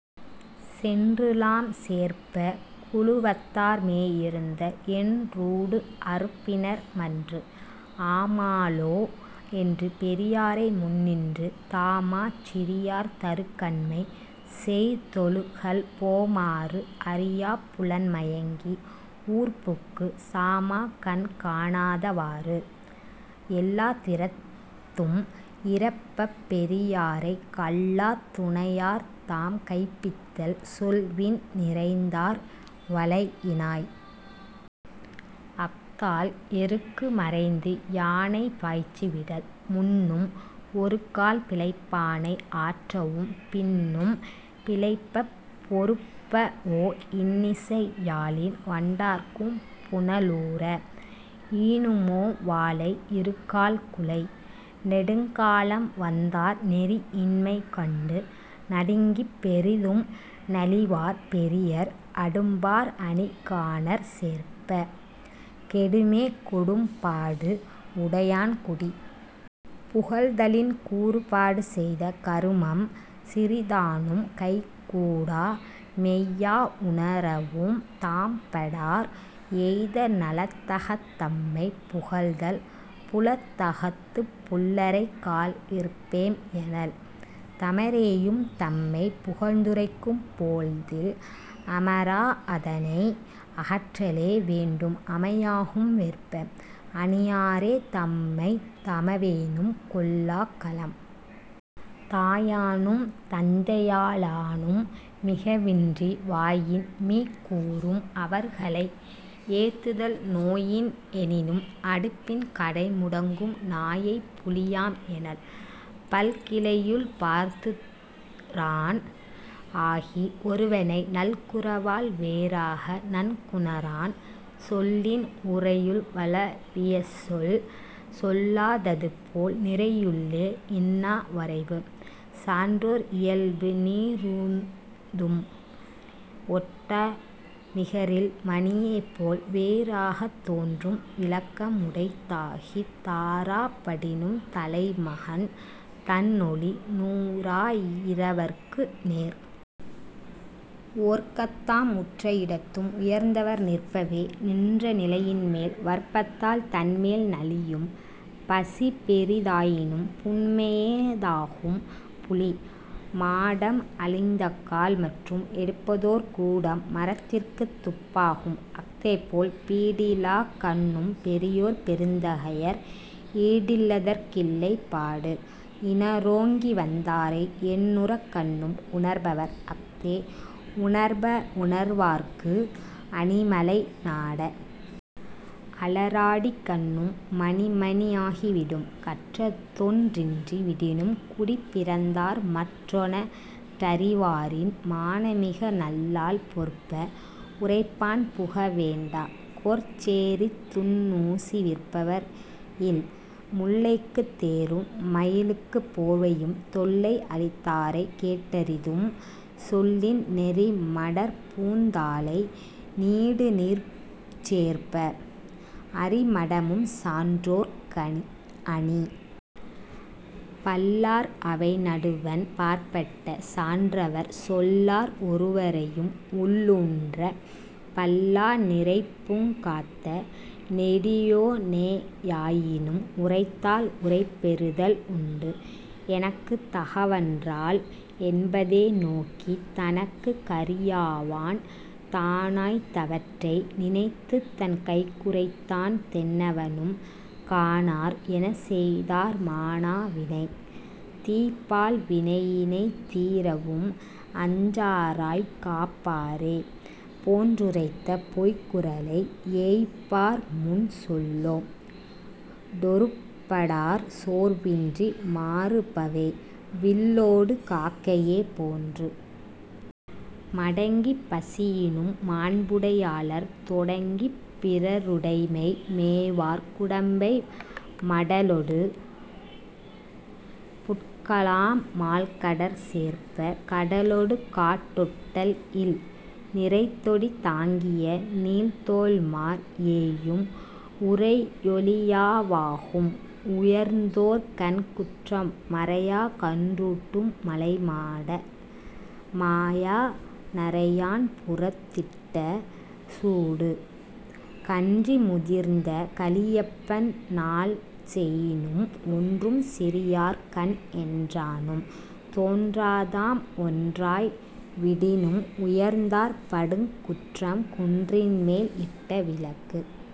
சென்றுலாம் சேர்ப்ப! 'குழுவத்தார் மேயிருந்த என்றூடு அறுப்பினர் மன்று'. ஆமாலோ என்று பெரியாரை முன்னின்று தாமாச் சிறியார் தறுகண்மை செய்தொழுகல் போமாறு அறியாப் புலன்மயங்கி ஊர்புக்குச் சாமாகண் காணாத வாறு. ' எல்லாத் திறத்தும் இறப்பப் பெரியாரைக் கல்லாத் துணையார்தாம் கைப்பித்தல் சொல்வின் நிறைந்தார் வளையினாய்! அஃதால் 'எருக்கு மறைந்துயானை பாய்ச்சி விடல்'. முன்னும் ஒருகால் பிழைப்பானை ஆற்றவும் பின்னும் பிழைப்பப் பொறுப்பவோ இன்னிசை யாழின் வண்டார்க்கும் புனலூர! 'ஈனுமோ வாழை இருகால் குலை'. நெடுங்காலம் வந்தார் நெறியின்மை கண்டு நடுங்கிப் பெரிதும் நலிவார் பெரியர் அடும்பார் அணிகானற் சேர்ப்ப! 'கெடுமே கொடும்பாடு உடையான் குடி'.. புகழ்தலின் கூறுபாடு செய்த கருமம் சிறிதானும் கைகூடா மெய்யா உணரவும் தாம்படார் எய்த நலத்தகத் தம்மைப் புகழ்தல் 'புலத்தகத்துப் புள்ளரைக் கால் விற்பேம் எனல்' தமரேயும் தம்மைப் புகழ்ந்துரைக்கும் போழ்தில் அமரா அதனை அகற்றலே வேண்டும் அமையாகும் வெற்ப! 'அணியாரே தம்மைத் தமவேனும் கொள்ளாக் கலம்'. தாயானும் தந்தையா லானும் மிகவின்றி வாயின்மீக் கூறும் அவர்களை ஏத்துதல் நோயின் எனினும் 'அடுப்பின் கடைமுடங்கும் நாயைப் புலியாம் எனல்'. பல்கிளையுள் பார்த்துறான் ஆகி ஒருவனை நல்குரவால் வேறாக நன்குணரான் சொல்லின் உரையுள் வளவியசொல் சொல்லா ததுபோல் 'நிரையுள்ளே இன்னா வரைவு'.. சான்றோர் இயல்பு நீறூர்ந்தும் ஒட்டா நிகரில் மணியேபோல் வேறாகத் தோன்றும் விளக்கம் உடைத்தாகித் 'தாறாப் படினும் தலைமகன் தன்னொளி நூறா யிரவர்க்கு நேர்'. ஒற்கத்தாம் உற்ற இடத்தும் உயர்ந்தவர் நிற்பவே நின்ற நிலையின்மேல் வற்பத்தால் தன்மேல் நலியும் 'பசிபெரி தாயினும் புன்மேயா தாகும் புலி'. மாடம் அழிந்தக்கால் மற்றும் எடுப்பதோர் கூடம் மரத்திற்குத் துப்பாகும் அஃதேபோல் பீடிலாக் கண்ணும் பெரியோர் பெருந்தகையர் 'ஈடில் லதற்கில்லை பாடு'. இணரோங்கி வந்தாரை என்னுற்றக் கண்ணும் உணர்பவர் அஃதே உணர்ப உணர்வார்க்கு அணிமலை நாட! 'அளறாடிக் கண்ணும் மணிமணி யாகி விடும்'. கற்றதொன் றின்றி விடினும் குடிப்பிறந்தார் மற்றொன றறிவாரின் மாணமிக நல்லால் பொற்ப உரைப்பான் புகவேண்டா 'கொற்சேரித் துன்னூசி விற்பவர் இல்'. முல்லைக்குத் தேரும் மயிலுக்குப் போர்வையும் தொல்லை அளித்தாரைக் கேட்டறிதும் சொல்லின் நெறிமடற் பூந்தாழை நீடுநீர்ச் சேர்ப்ப! 'அறிமடமும் சான்றோர்க்க அணி'. பல்லார் அவைநடுவண் பாற்பட்ட சான்றவர் சொல்லார் ஒருவரையும் உள்ளூன்றப் பல்லா நிரைப்புறங் காத்த நெடியோனே யாயினும் 'உரைத்தால் உரைபெறுதல் உண்டு'. எனக்குத் தகவன்றால் என்பதே நோக்கித் தனக்குத் கரியாவான் தானாய்த் தவற்றை நினைத்துத்தன் கைகுறைத்தான் தென்னவனும் 'காணார் எனச்செய்தார் மாணா வினை'. தீப்பால் வினையினைத் தீரவும் அஞ்சாராய்க் காப்பாரே போன்றுரைத்த பொய்குறளை -ஏய்ப்பார்முன் சொல்லோ டொருப்படார் சோர்வின்றி மாறுபவே 'வில்லோடு காக்கையே போன்று'. மடங்கிப் பசியினும் மாண்புடை யாளர் தொடங்கிப் பிறருடைமை மேவார் குடம்பை மடலொடு புட்கலாம் மால்கடற் சேர்ப்ப! 'கடலொடு காட்டொட்டல் இல்'. நிரைதொடி தாங்கிய நீள்தோள்மாற் ஏயும் உரையொழியா வாகும் உயர்ந்தோர்கண் குற்றம் மரையா கன்றூட்டும் மலைநாட! 'மாயா நரையான் புறத்திட்ட சூடு'. கன்றி முதிர்ந்த கழியப்பன் னாள்செயினும் ஒன்றும் சிறியார்கண் என்றானும் தோன்றாதாம் ஒன்றாய் விடினும் உயர்ந்தார்ப் படுங்குற்றம் 'குன்றின்மேல் இட்ட விளக்கு'..